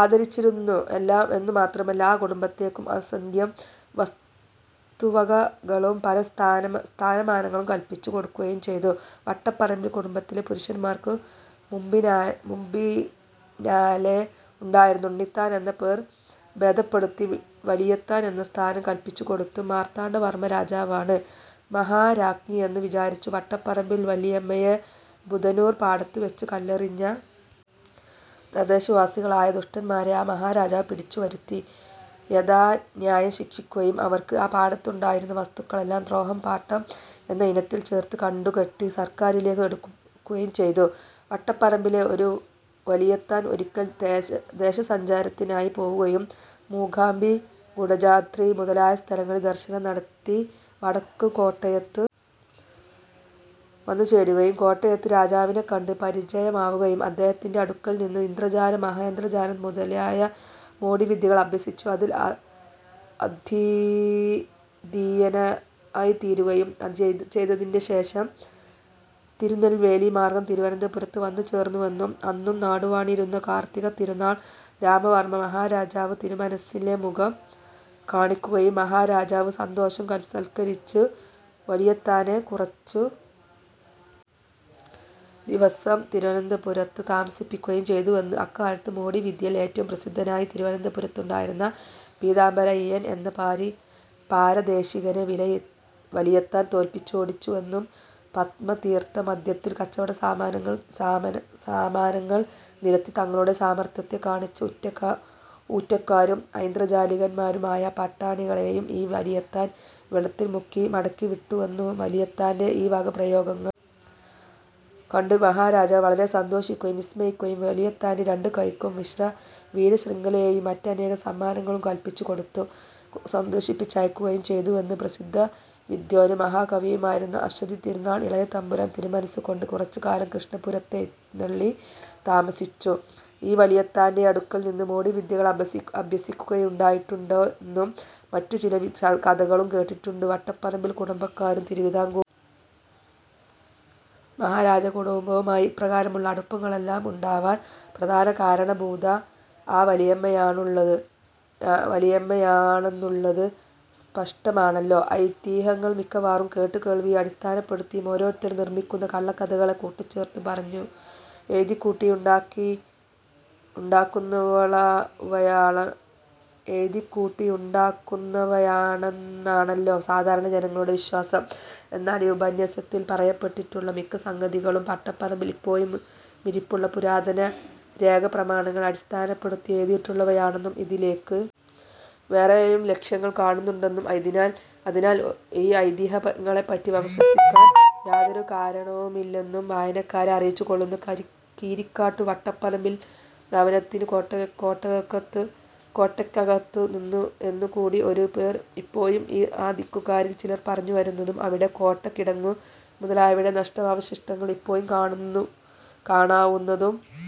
ആദരിച്ചിരുന്നു എന്നു മാത്രമല്ല ആ കുടുംബത്തേക്കു അസംഖ്യം വസ്തുവകകളും പല സ്ഥാനമാനങ്ങളും കൽപ്പിച്ചു കൊടുക്കുകയും ചെയ്തു വട്ടപ്പറമ്പിൽ കുടുംബത്തിലെ പുരുഷന്മാർക്കു മുമ്പിനാലെ ഉണ്ടായിരുന്ന ഉണ്ണിത്താൻ എന്ന പേർ ഭേദപ്പെടുത്തി വലിയത്താൻ എന്ന സ്ഥാനം കൽപ്പിച്ചുകൊടുത്തതും മാർത്താണ്ഡവർമ്മ മഹാരാജാവാണു് മഹാരാജ്ഞിയെന്നു വിചാരിച്ചു വട്ടപ്പറമ്പിൽ വലിയമ്മയെ ബുധനൂർ പാടത്തുവച്ചുകല്ലെറിഞ്ഞ തദ്ദേശവാസികളായ ദുഷ്ടന്മാരെ ആ മഹാരാജാവു് പിടിച്ചുവരുത്തി യഥാന്യായം ശിക്ഷിക്കുകയും അവർക്കു ആ പാടത്തുണ്ടായിരുന്ന വസ്തുക്കളെല്ലാം ദ്രോഹപാട്ടം എന്ന ഇനത്തിൽ ചേർത്തു കണ്ടുകെട്ടി സർക്കാരിലേക്കു് എടുക്കുകയും ചെയ്തു വട്ടപ്പറമ്പിലെ ഒരു വലിയത്താൻ ഒരിക്കൽ ദേശസഞ്ചാരത്തിനായി പോവുകയും മൂകാംബി കുടജാദ്രി മുതലായ സ്ഥലങ്ങളിൽ ദർശനം നടത്തി വടക്കു കോട്ടയത്തു വന്നുചേരുകയും കോട്ടയത്തു രാജാവിനെ കണ്ടു പരിചയമാവുകയും അദ്ദേഹത്തിന്റെ അടുക്കൽ നിന്നു ഇന്ദ്രജാലം മഹേന്ദ്രജാലം മുതലായ മോടിവിദ്യകൾ അഭ്യസിച്ചു അതിൽ അദ്വിതീയനായിത്തീരുകയും ചെയ്തതിന്റെ ശേഷം തിരുനെൽവേലി മാർഗ്ഗം തിരുവനന്തപുരത്തു വന്നുചേർന്നുവെന്നും അന്നു നാടുവാണിരുന്ന കാർത്തികതിരുനാൾ രാമവർമ്മമഹാരാജാവു് തിരുമനസ്സിലെ മുഖം കാണിക്കുകയും മഹാരാജാവു് സസന്തോഷം സൽക്കരിച്ചു വലിയത്താനെ കുറച്ചു ദിവസം തിരുവനന്തപുരത്തു താമസിപ്പിക്കുകയും ചെയ്തുവെന്നും അക്കാലത്തു മോടിവിദ്യയിൽ ഏറ്റവും പ്രസിദ്ധനായി തിരുവനന്തപുരത്തുണ്ടായിരുന്ന പീതാംബരയ്യൻ എന്ന പാരദേശികനെ വലിയത്താൻ തോൽപ്പിച്ചോടിച്ചുവെന്നും പത്മതീർത്ഥ മദ്ധ്യത്തിൽ കച്ചവടസാമാനങ്ങൾ നിരത്തി തങ്ങളുടെ സാമർത്ഥ്യത്തെ കാണിച്ച ഊറ്റക്കാരും ഐന്ദ്രജാലികന്മാരുമായ പട്ടാണികളെയും ഈ വലിയത്താൻ വെള്ളത്തിൽ മുക്കി മടക്കിവിട്ടുവെന്നും വലിയത്താന്റെ ഈ വക പ്രയോഗങ്ങൾ കണ്ടു മഹാരാജാവു് വലരെ സന്തോഷിക്കുകയും വിസ്മയിക്കുകയും വലിയത്താന്റെ രണ്ടു കൈയ്ക്കും വീരശ്രംഖലയും മറ്റനേകം സമ്മാനങ്ങളും കൽപ്പിച്ചു കൊടുത്തു് സന്തോഷിപ്പിച്ചയക്കുകയും ചെയ്തുവെന്നും പ്രസിദ്ധവിദ്വാനും മഹാകവിയുമായിരുന്ന അശ്വതിതിരുനാൾ ഇളയതമ്പുരാൻ തിരുമനസ്സുകൊണ്ടു് കുറച്ചുകാലം കൃഷ്ണപുരത്തെഴുന്നള്ളി താമസിച്ചു ഈ വലിയത്താന്റടുക്കൽനിന്നു മോടിവിദ്യകളഭ്യസിക്കയുണ്ടായിട്ടുണ്ടെന്നും മറ്റും ചില കഥകളും കേട്ടിട്ടുണ്ടു് വട്ടപ്പറമ്പിൽ കുടുംബക്കാരും തിരുവതാംകൂർ മഹാരാജകുടുംബവുമായി ഇപ്രകാരമുള്ള അടുപ്പങ്ങളെല്ലാമുണ്ടാവാൻ പ്രധാന കാരണഭൂത ആ വലിയമ്മയാണന്നുള്ളതു് സ്പഷ്ടമാണല്ലോ ഐതിഹ്യങ്ങൾ മിക്കവാറും കേട്ടുകേൾവിയെ അടിസ്ഥാനപ്പെടുത്തിയും ഓരോരുത്തർ നിർമിക്കുന്ന കള്ളക്കഥകളെ കൂട്ടിച്ചേർത്തും പറഞ്ഞും എഴുതിക്കൂട്ടിയുണ്ടാക്കുന്നവയാണന്നാണല്ലോ സാധാരണ ജനങ്ങളുടെ വിശ്വാസം എന്നാൽ ഈ ഉപന്യാസത്തിൽ പറയപ്പെട്ടിട്ടുള്ള മിക്ക സംഗതികളും വട്ടപ്പറമ്പിൽ ഇപ്പോഴുമിരിപ്പുള്ള പുരാതനരേഖാപ്രമാണങ്ങളെ അടിസ്ഥാനപ്പെടുത്തി എഴുതിയിട്ടുള്ളവയാണന്നും ഇതിലേക്കു വേറേയും ലക്ഷ്യങ്ങൾ കാണുന്നുണ്ടെന്നും അതിനാൽ ഈ ഐതിഹ്യങ്ങളെപ്പറ്റി അവിശ്വസിക്കാൻ യാതൊരു കാരണവുമില്ലന്നും വായനക്കാരെ അറിയിച്ചുകൊള്ളുന്നു കീരിക്കാട്ടു വട്ടപ്പറമ്പിൽ ഭവനത്തിനു കോട്ടയ്ക്കകത്തു എന്നു കൂടി ഒരു പേർ ഇപ്പോഴും ആ ദിക്കുകാരിൽ ചിലർ പറഞ്ഞു വരുന്നതും അവിടെ കോട്ട കിടങ്ങു് മുതലായവയുടെ നഷ്ടാവശിഷ്ടങ്ങൾ ഇപ്പോഴും കാണാവുന്നതും ആ